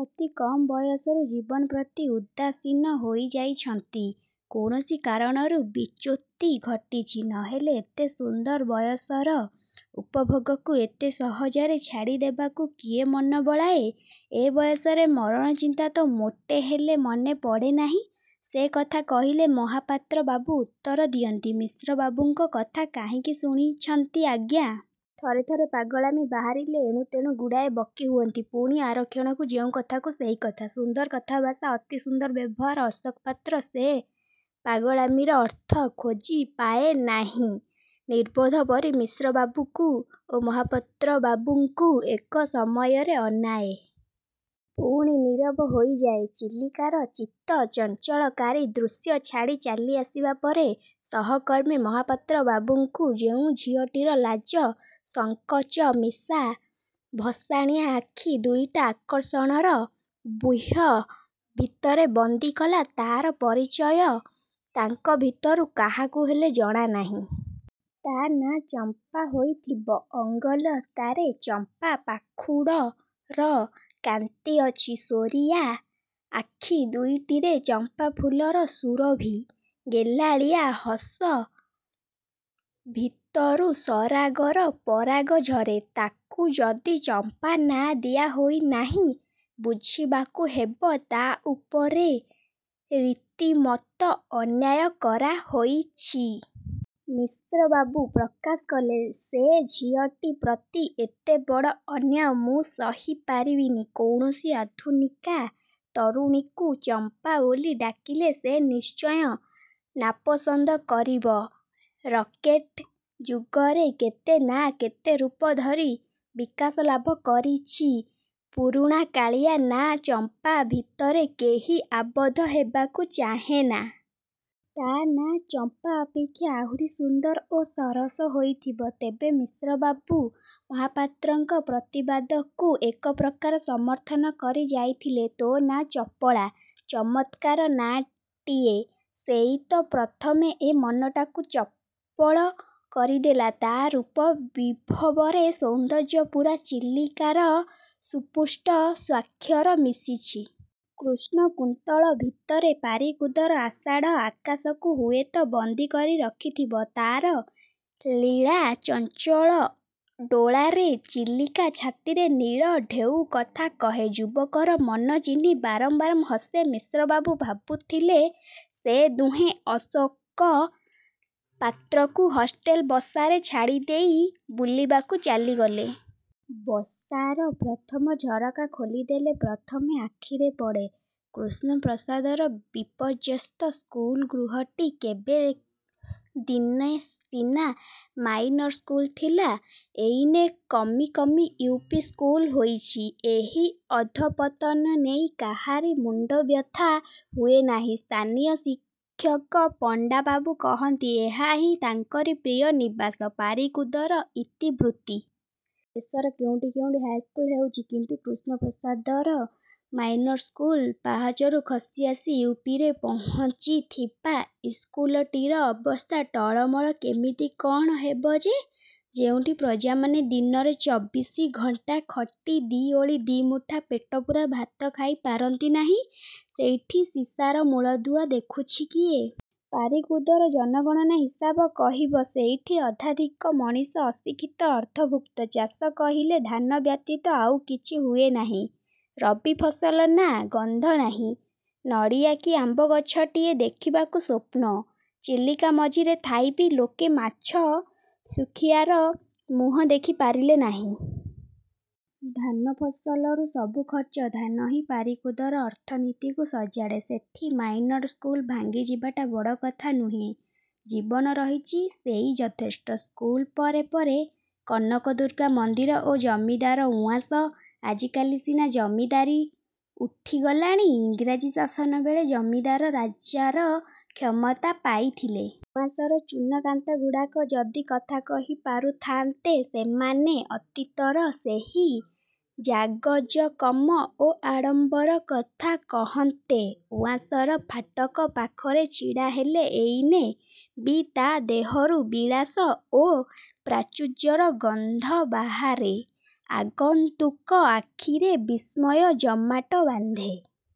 ଅତି କମ୍ ବୟସରୁ ଜୀବନ ପ୍ରତି ଉଦାସୀନ ହୋଇଯାଇଛନ୍ତି। କୌଣସି କାରଣରୁ ବିଚ୍ୟୁତି ଘଟିଛି। ନହେଲେ ଏତେ ସୁନ୍ଦର ବୟସର ଉପଭୋଗକୁ ଏତେ ସହଜରେ ଛାଡ଼ି ଦେବାକୁ କିଏ ମନ ବଳାଏ? ଏ ବୟସରେ ମରଣ-ଚିନ୍ତା ତ ମୋଟେ ହେଲେ ମନେ ପଡ଼େନାହିଁ। ସେ କଥା କହିଲେ ମହାପାତ୍ର ବାବୁ ଉତ୍ତର ଦିଅନ୍ତି, 'ମିଶ୍ରବାବୁଙ୍କ କଥା କାହିଁକି ଶୁଣିଛନ୍ତି ଆଜ୍ଞା! ଥରେ ଥରେ ପାଗଳାମୀ ବାହାରିଲେ ଏଣୁ ତେଣୁ ଗୁଡ଼ିଏ ବକି ହୁଅନ୍ତି। ପୁଣି ଆରକ୍ଷଣକୁ ଯେଉଁ କଥାକୁ ସେହି କଥା। ସୁନ୍ଦର କଥାଭାଷା, ଅତି ସୁନ୍ଦର ବ୍ୟବହାର। ' ଅଶୋକ ପାତ୍ର ସେ ପାଗଳାମୀର ଅର୍ଥ ଖୋଜି ପାଏ ନାହିଁ। ନିର୍ବୋଧପରି ମିଶ୍ରବାକୁ ଓ ମହାପାତ୍ର ବାବୁଙ୍କୁ ଏକ ସମୟରେ ଅନାଏ। ପୁଣି ନୀରବ ହୋଇଯାଏ। ଚିଲିକାର ଚିତ୍ତ-ଚଞ୍ଚଳକାରୀ ଦୃଶ୍ୟ ଛାଡ଼ି ଚାଲି ଆସିବା ପରେ ସହକର୍ମୀ ମହାପାତ୍ର ବାବୁଙ୍କୁ ଯେଉଁ ଝିଅଟିର ଲାଜ, ସଙ୍କୋଚ ମିଶା ଭସାଣିଆ ଆଖି ଦୁଇଟି ଆକର୍ଷଣର ବ୍ୟୁହ ଭିତରେ ବନ୍ଦୀ କଲା, ତାର ପରିଚୟ ତାଙ୍କ ଭିତରୁ କାହାକୁ ହେଲେ ଜଣା ନାହିଁ। ତା ନାଁ 'ଚମ୍ପା' ହୋଇଥିବ। ଅଙ୍ଗଲତାରେ ଚମ୍ପା ପାଖୁଡ ର କାନ୍ତି ଅଛି। ସୋରିଆ ଆଖି ଦୁଇଟିରେ ଚମ୍ପାଫୁଲର ସୁରଭି। ଗେହ୍ଲାଳିଆ ହସ ଭିତରୁ ସରାଗର ପରାଗ ଝରେ। ତାକୁ ଯଦି ଚମ୍ପା ନାଁ ଦିଆ ହୋଇନାହିଁ, ବୁଝିବାକୁ ହେବ। ତା' ଉପରେ ରୀତିମତ ଅନ୍ୟାୟ କରା ହୋଇଛି। ମିଶ୍ରବାକୁ ପ୍ରକାଶ କଲେ। ସେ ଝିଅଟି ପ୍ରତି ଏତେବଡ଼ ଅନ୍ୟାୟ ମୁଁ ସହି ପାରିବିନି। କୌଣସି ଆଧୁନିକା ତରୁଣୀକୁ ଚମ୍ପା ବୋଲି ଡାକିଲେ ସେ ନିଶ୍ଚୟ ନାପସନ୍ଦ କରିବ। ରକେଟ୍ ଯୁଗରେ କେତେ ନାଁ କେତେ ରୂପ ଧରି ବିକାଶଲାଭ କରିଛି। ପୁରୁଣାକାଳିଆ ନାଁ 'ଚମ୍ପା' ଭିତରେ କେହି ଆବଦ୍ଧ ହେବାକୁ ଚାହେଁନା। ତା' ନାଁ 'ଚମ୍ପା' ଅପେକ୍ଷା ଆହୁରି ସୁନ୍ଦର ଓ ସରସ ହୋଇଥିବ। ତେବେ? ମିଶ୍ରବାବୁ ମହାପାତ୍ରଙ୍କ ପ୍ରତିବାଦକୁ ଏକ ପ୍ରକାର ସମର୍ଥନ କରି ଯାଇଥିଲେ-। 'ତୋ' ନାଁ ଚପଳା। ' ଚମତ୍କାର ନାଁଟିଏ। ସେଇ ତ ପ୍ରଥମେ ଏ ମନଟାକୁ ଚପଳ କରିଦେଲା। ତା' ରୂପ ବିଭବରେ ସୌନ୍ଦର୍ଯ୍ୟପୂରା ଚିଲିକାର ସୁସ୍ପଷ୍ଟ ସ୍ୱାକ୍ଷର ମିଶିଛି। କୃଷ୍ଣ କୁନ୍ତଳ ଭିତରେ ପାରିକୁଦର ଆଷାଢ଼ ଆକାଶକୁ ହୁଏତ ବନ୍ଦୀ କରି ରଖିଥିବ। ତାର ଲୀଳା ଚଞ୍ଚଳ ଡୋଳାରେ ଚିଲିକା-ଛାତିର-ନୀଳ-ଢେଉ କଥା କହେ। ଯୁବକର ମନ ଚିହ୍ନି ବାରମ୍ବାର ହସେ। ମିଶ୍ରବାବୁ ଭାବୁଥିଲେ। ସେ ଦୁହେଁ ଅଶୋକ ପାତ୍ରକୁ ହଷ୍ଟେଲ ବସାରେ ଛାଡ଼ିଦେଇ ବୁଲିବାକୁ ଚାଲିଗଲେ। ବସାର ପ୍ରଥମ ଝରକା ଖୋଲିଦେଲେ ପ୍ରଥମେ ଆଖିରେ ପଡ଼େ କୃଷ୍ଣପ୍ରସାଦର ବିପର୍ଯ୍ୟସ୍ତ ସ୍କୁଲ ଗୃହଟି। କେବେ ଦିନେ ସିନା ମାଇନର ସ୍କୁଲ ଥିଲା, ଏଇନେ କମି କମି ୟୁ. ପି. ସ୍କୁଲ ହୋଇଛି। ଏହି ଅଧୋପତନ ନେଇ କାହାରି ମୁଣ୍ଡବ୍ୟଥା ହୁଏନାହିଁ। ସ୍ଥାନୀୟ ଶିକ୍ଷକ ପଣ୍ଡାବାବୁ କହନ୍ତି, ଏହାହିଁ ତାଙ୍କରି ପ୍ରିୟ-ନିବାସ ପାରିକୁଦର ଇତିବୃତ୍ତି। ଦେଶର କେଉଁଠି କେଉଁଠି ହାଇସ୍କୁଲ ହେଉଛି। କିନ୍ତୁ କୃଷ୍ଣପ୍ରସାଦର 'ମାଇନର-ସ୍କୁଲ-ପାହାଚରୁ ଖସି-ଆସି ୟୁ. ପି. ରେ ପହୁଞ୍ଚିଥିବା' ଇସ୍କୁଲଟିର ଅବସ୍ଥା ଟଳମଳ। କେମିତି କଣ ହେବ ଯେ? ଯେଉଁଠି ପ୍ରଜାମାନେ ଦିନର ଚବିଶି ଘଣ୍ଟା ଖଟି ଦି' ଓଳି ଦି' ମୁଠା ପେଟପୁରା ଭାତ ଖାଇ ପାରନ୍ତି ନାହିଁ; ସେଇଠି ଶିକ୍ଷାର ମୂଳଦୁଆ ଦେଖୁଛି କିଏ? ପାରିକୁଦର ଜନଗଣନା ହିସାବ କହିବ, ସେଇଠି ଅର୍ଦ୍ଧାଧିକ ମଣିଷ ଅଶିକ୍ଷିତ; ଅର୍ଦ୍ଧଭୂକ୍ତ। ଚାଷ କହିଲେ ଧାନ ବ୍ୟତୀତ ଆଉ କିଛି ହୁଏ ନାହିଁ। ରବି ଫସଲ ନାଁ ଗନ୍ଧ ନାହିଁ। ନଡ଼ିଆ କି ଆମ୍ବ ଗଛଟିଏ ଦେଖିବାକୁ ସ୍ୱପ୍ନ। ଚିଲିକା ମଝିରେ ଥାଇ ବି ଲୋକେ ମାଛ ଶୁଖିଆର ମୁହଁ ଦେଖି ପାରିଲେ ନାହିଁ। ଧାନ ଫସଲରୁ ସବୁ ଖର୍ଚ୍ଚ। ଧାନହିଁ ପାରିକୁଦର ଅର୍ଥନୀତିକୁ ସଜାଡ଼େ। ସେଠି ମାଇନରସ୍କୁଲ ଭାଙ୍ଗି ଯିବାଟା ବଡ଼ କଥା ନୁହେଁ। ଜୀବନ ରହିଛି, ସେଇ ଯଥେଷ୍ଟ। ସ୍କୁଲ ପରେ ପରେ କନକ-ଦୁର୍ଗା ମନ୍ଦିର ଓ ଜମିଦାର ଉଆସ। ଆଜିକାଲି ସିନା ଜମିଦାରୀ ଉଠି ଗଲାଣି, ଇଂରାଜୀ ଶାସନ ବେଳେ ଜମିଦାର ରାଜାର କ୍ଷମତା ପାଇଥିଲେ। ଉଆସର ଚୂନ କାନ୍ଥଗୁଡ଼ାକ ଯଦି କଥା କହି ପାରୁଥାନ୍ତେ, ସେମାନେ ଅତୀତର ସେହି ଜାକଜକମ ଓ ଆଡ଼ମ୍ବର କଥା କହନ୍ତେ। ଉଆସର ଫାଟକ ପାଖରେ ଛିଡ଼ା ହେଲେ, ଏଇନେ ବି ତା' ଦେହରୁ ବିଳାସ ଓ ପ୍ରାଚୁର୍ଯ୍ୟର ଗନ୍ଧ ବାହାରେ। ଆଗନ୍ତୁକ ଆଖିରେ ବିସ୍ମୟ ଜମାଟ ବାନ୍ଧେ।